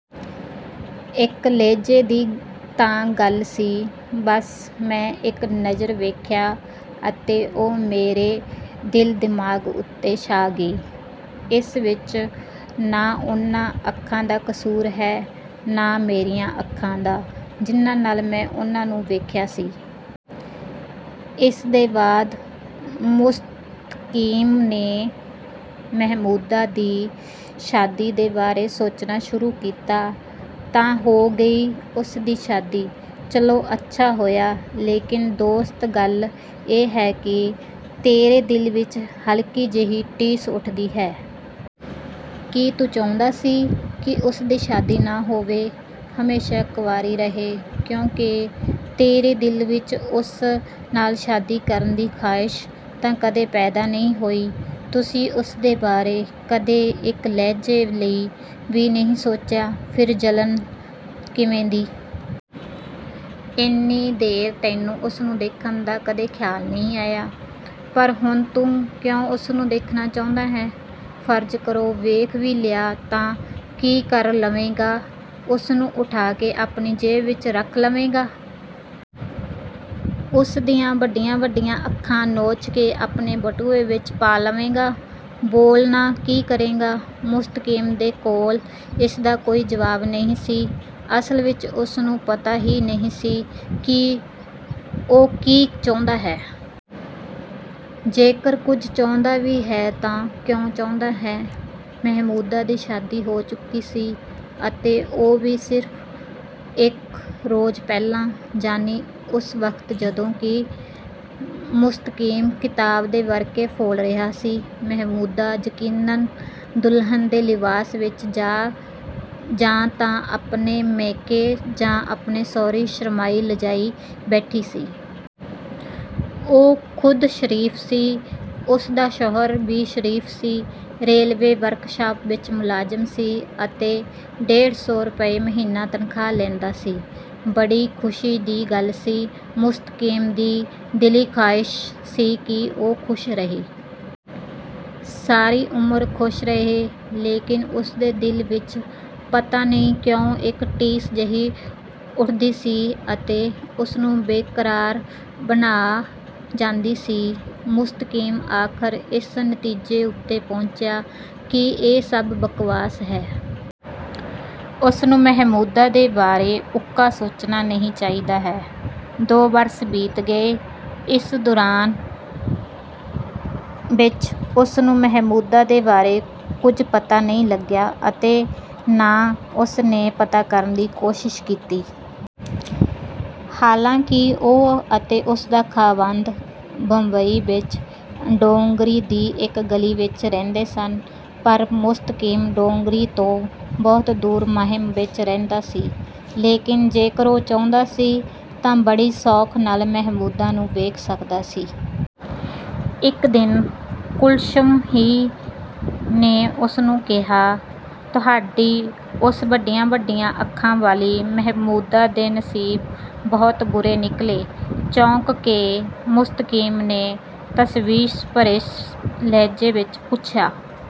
ਇੱਕ ਲਹਿਜੇ ਦੀ ਤਾਂ ਗੱਲ ਸੀ। ਬਸ ਮੈਂ ਇੱਕ ਨਜ਼ਰ ਵੇਖਿਆ ਅਤੇ ਉਹ ਮੇਰੇ ਦਿਲ ਦਿਮਾਗ਼ ਉੱਤੇ ਛਾ ਗਈ। ਇਸ ਵਿੱਚ ਨਾ ਉਨ੍ਹਾਂ ਅੱਖਾਂ ਦਾ ਕੁਸੂਰ ਹੈ, ਨਾ ਮੇਰੀਆਂ ਅੱਖਾਂ ਦਾ ਜਿਨ੍ਹਾਂ ਨਾਲ ਮੈਂ ਉਨ੍ਹਾਂ ਨੂੰ ਵੇਖਿਆ ਸੀ। " ਇਸ ਦੇ ਬਾਅਦ ਮੁਸਤਕੀਮ ਨੇ ਮਹਿਮੂਦਾ ਦੀ ਸ਼ਾਦੀ ਦੇ ਬਾਰੇ ਸੋਚਣਾ ਸ਼ੁਰੂ ਕੀਤਾ। "ਤਾਂ ਹੋ ਗਈ ਉਸ ਦੀ ਸ਼ਾਦੀ, ਚਲੋ ਅੱਛਾ ਹੋਇਆ, ਲੇਕਿਨ ਦੋਸਤ ਗੱਲ ਇਹ ਹੈ ਕਿ ਤੇਰੇ ਦਿਲ ਵਿੱਚ ਹਲਕੀ ਜਿਹੀ ਟੀਸ ਉੱਠਦੀ ਹੈ। ਕੀ ਤੂੰ ਚਾਹੁੰਦਾ ਸੀ ਕਿ ਉਸ ਦੀ ਸ਼ਾਦੀ ਨਾ ਹੋਵੇ? ਹਮੇਸ਼ਾ ਕੰਵਾਰੀ ਰਹੇ, ਕਿਉਂਕਿ ਤੇਰੇ ਦਿਲ ਵਿੱਚ ਉਸ ਨਾਲ ਸ਼ਾਦੀ ਕਰਨ ਦੀ ਖ਼ਾਹਿਸ਼ ਤਾਂ ਕਦੇ ਪੈਦਾ ਨਹੀਂ ਹੋਈ, ਤੁਸੀਂ ਉਸ ਦੇ ਬਾਰੇ ਕਦੇ ਇੱਕ ਲਹਿਜ਼ੇ ਲਈ ਵੀ ਨਹੀਂ ਸੋਚਿਆ, ਫਿਰ ਜਲਨ ਕਿਵੇਂ ਦੀ? ਇੰਨੀ ਦੇਰ ਤੈਨੂੰ ਉਸਨੂੰ ਦੇਖਣ ਦਾ ਕਦੇ ਖ਼ਿਆਲ ਨਹੀਂ ਆਇਆ, ਪਰ ਹੁਣ ਤੂੰ ਕਿਉਂ ਉਸਨੂੰ ਵੇਖਣਾ ਚਾਹੁੰਦਾ ਹੈਂ? ਫ਼ਰਜ਼ ਕਰੋ ਵੇਖ ਵੀ ਲਿਆ ਤਾਂ ਕੀ ਕਰ ਲਵੇਂਗਾ, ਉਸਨੂੰ ਉਠਾ ਕੇ ਆਪਣੀ ਜੇਬ ਵਿੱਚ ਰੱਖ ਲਵੇਂਗਾ.? ਉਸ ਦੀਆਂ ਵੱਡੀਆਂ-ਵੱਡੀਆਂ ਅੱਖਾਂ ਨੋਚ ਕੇ ਆਪਣੇ ਬਟੂਏ ਵਿੱਚ ਪਾ ਲਵੇਂਗਾ? ਬੋਲ ਨਾ, ਕੀ ਕਰੇਂਗਾ?" ਮੁਸਤਕੀਮ ਦੇ ਕੋਲ ਇਸ ਦਾ ਕੋਈ ਜਵਾਬ ਨਹੀਂ ਸੀ। ਅਸਲ ਵਿੱਚ ਉਸਨੂੰ ਪਤਾ ਹੀ ਨਹੀਂ ਸੀ ਕਿ ਉਹ ਕੀ ਚਾਹੁੰਦਾ ਹੈ। ਜੇਕਰ ਕੁੱਝ ਚਾਹੁੰਦਾ ਵੀ ਹੈ ਤਾਂ ਕਿਉਂ ਚਾਹੁੰਦਾ ਹੈ? ਮਹਿਮੂਦਾ ਦੀ ਸ਼ਾਦੀ ਹੋ ਚੁੱਕੀ ਸੀ, ਅਤੇ ਉਹ ਵੀ ਸਿਰਫ ਇੱਕ ਰੋਜ਼ ਪਹਿਲਾਂ। ਯਾਨੀ ਉਸ ਵਕਤ ਜਦੋਂ ਕਿ ਮੁਸਤਕੀਮ ਕਿਤਾਬ ਦੇ ਵਰਕੇ ਫ਼ੋਲ ਰਿਹਾ ਸੀ, ਮਹਿਮੂਦਾ ਯਕੀਨਨ ਦੁਲਹਨ ਦੇ ਲਿਬਾਸ ਵਿੱਚ ਜਾਂ ਤਾਂ ਆਪਣੇ ਮੈਕੇ ਜਾਂ ਆਪਣੀ ਸਹੁਰੀਂ ਸ਼ਰਮਾਈ ਲੱਜਾਈ ਬੈਠੀ ਸੀ। ਉਹ ਖ਼ੁਦ ਸ਼ਰੀਫ ਸੀ, ਉਸ ਦਾ ਸ਼ੌਹਰ ਵੀ ਸ਼ਰੀਫ ਸੀ, ਰੇਲਵੇ ਵਰਕਸ਼ਾਪ ਵਿੱਚ ਮੁਲਾਜ਼ਮ ਸੀ ਅਤੇ ਡੇਢ ਸੌ ਰੁਪਏ ਮਹੀਨਾ ਤਨਖ਼ਾਹ ਲੈਂਦਾ ਸੀ। ਬੜੀ ਖੁਸ਼ੀ ਦੀ ਗੱਲ ਸੀ। ਮੁਸਤਕੀਮ ਦੀ ਦਿਲੀ ਖ਼ਾਹਿਸ਼ ਸੀ ਕਿ ਉਹ ਖ਼ੁਸ਼ ਰਹੇ। ਸਾਰੀ ਉਮਰ ਖ਼ੁਸ਼ ਰਹੇ। ਲੇਕਿਨ ਉਸ ਦੇ ਦਿਲ ਵਿੱਚ ਪਤਾ ਨਹੀਂ ਕਿਉਂ ਇੱਕ ਟੀਸ ਜਹੀ ਉੱਠਦੀ ਸੀ ਅਤੇ ਉਸਨੂੰ ਬੇਕਰਾਰ ਬਣਾ ਜਾਂਦੀ ਸੀ। ਮੁਸਤਕੀਮ ਆਖਰ ਇਸ ਨਤੀਜੇ ਉੱਤੇ ਪਹੁੰਚਿਆ ਕਿ ਇਹ ਸਭ ਬਕਵਾਸ ਹੈ। ਉਸਨੂੰ ਮਹਿਮੂਦਾ ਦੇ ਬਾਰੇ ਉੱਕਾ ਸੋਚਣਾ ਨਹੀਂ ਚਾਹੀਦਾ ਹੈ। ਦੋ ਬਰਸ ਬੀਤ ਗਏ। ਇਸ ਦੌਰਾਨ ਵਿੱਚ ਉਸਨੂੰ ਮਹਿਮੂਦਾ ਦੇ ਬਾਰੇ ਕੁੱਝ ਪਤਾ ਨਹੀਂ ਲੱਗਿਆ ਅਤੇ ਨਾ ਉਸ ਨੇ ਪਤਾ ਕਰਨ ਦੀ ਕੋਸ਼ਿਸ਼ ਕੀਤੀ। ਹਾਲਾਂ ਕਿ ਉਹ ਅਤੇ ਉਸ ਦਾ ਖ਼ਾਵੰਦ ਬੰਬਈ ਵਿੱਚ ਡੋਂਗਰੀ ਦੀ ਇੱਕ ਗਲੀ ਵਿੱਚ ਰਹਿੰਦੇ ਸਨ। ਪਰ ਮੁਸਤਕੀਮ ਡੋਂਗਰੀ ਤੋਂ ਬਹੁਤ ਦੂਰ ਮਾਹਿਮ ਵਿੱਚ ਰਹਿੰਦਾ ਸੀ, ਲੇਕਿਨ ਜੇਕਰ ਉਹ ਚਾਹੁੰਦਾ ਤਾਂ ਬੜੀ ਸੌਖ ਨਾਲ ਮਹਿਮੂਦਾ ਨੂੰ ਵੇਖ ਸਕਦਾ ਸੀ। ਇੱਕ ਦਿਨ ਕੁਲਸੁਮ ਹੀ ਨੇ ਉਸ ਨੂੰ ਕਿਹਾ। "ਤੁਹਾਡੀ ਉਸ ਵੱਡੀਆਂ-ਵੱਡੀਆਂ ਅੱਖਾਂ ਵਾਲੀ ਮਹਿਮੂਦਾ ਦੇ ਨਸੀਬ ਬਹੁਤ ਬੁਰੇ ਨਿਕਲੇ! " ਚੌਂਕ ਕੇ ਮੁਸਤਕੀਮ ਨੇ ਤਸ਼ਵੀਸ਼ ਭਰੇ ਲਹਿਜੇ ਵਿੱਚ ਪੁੱਛਿਆ।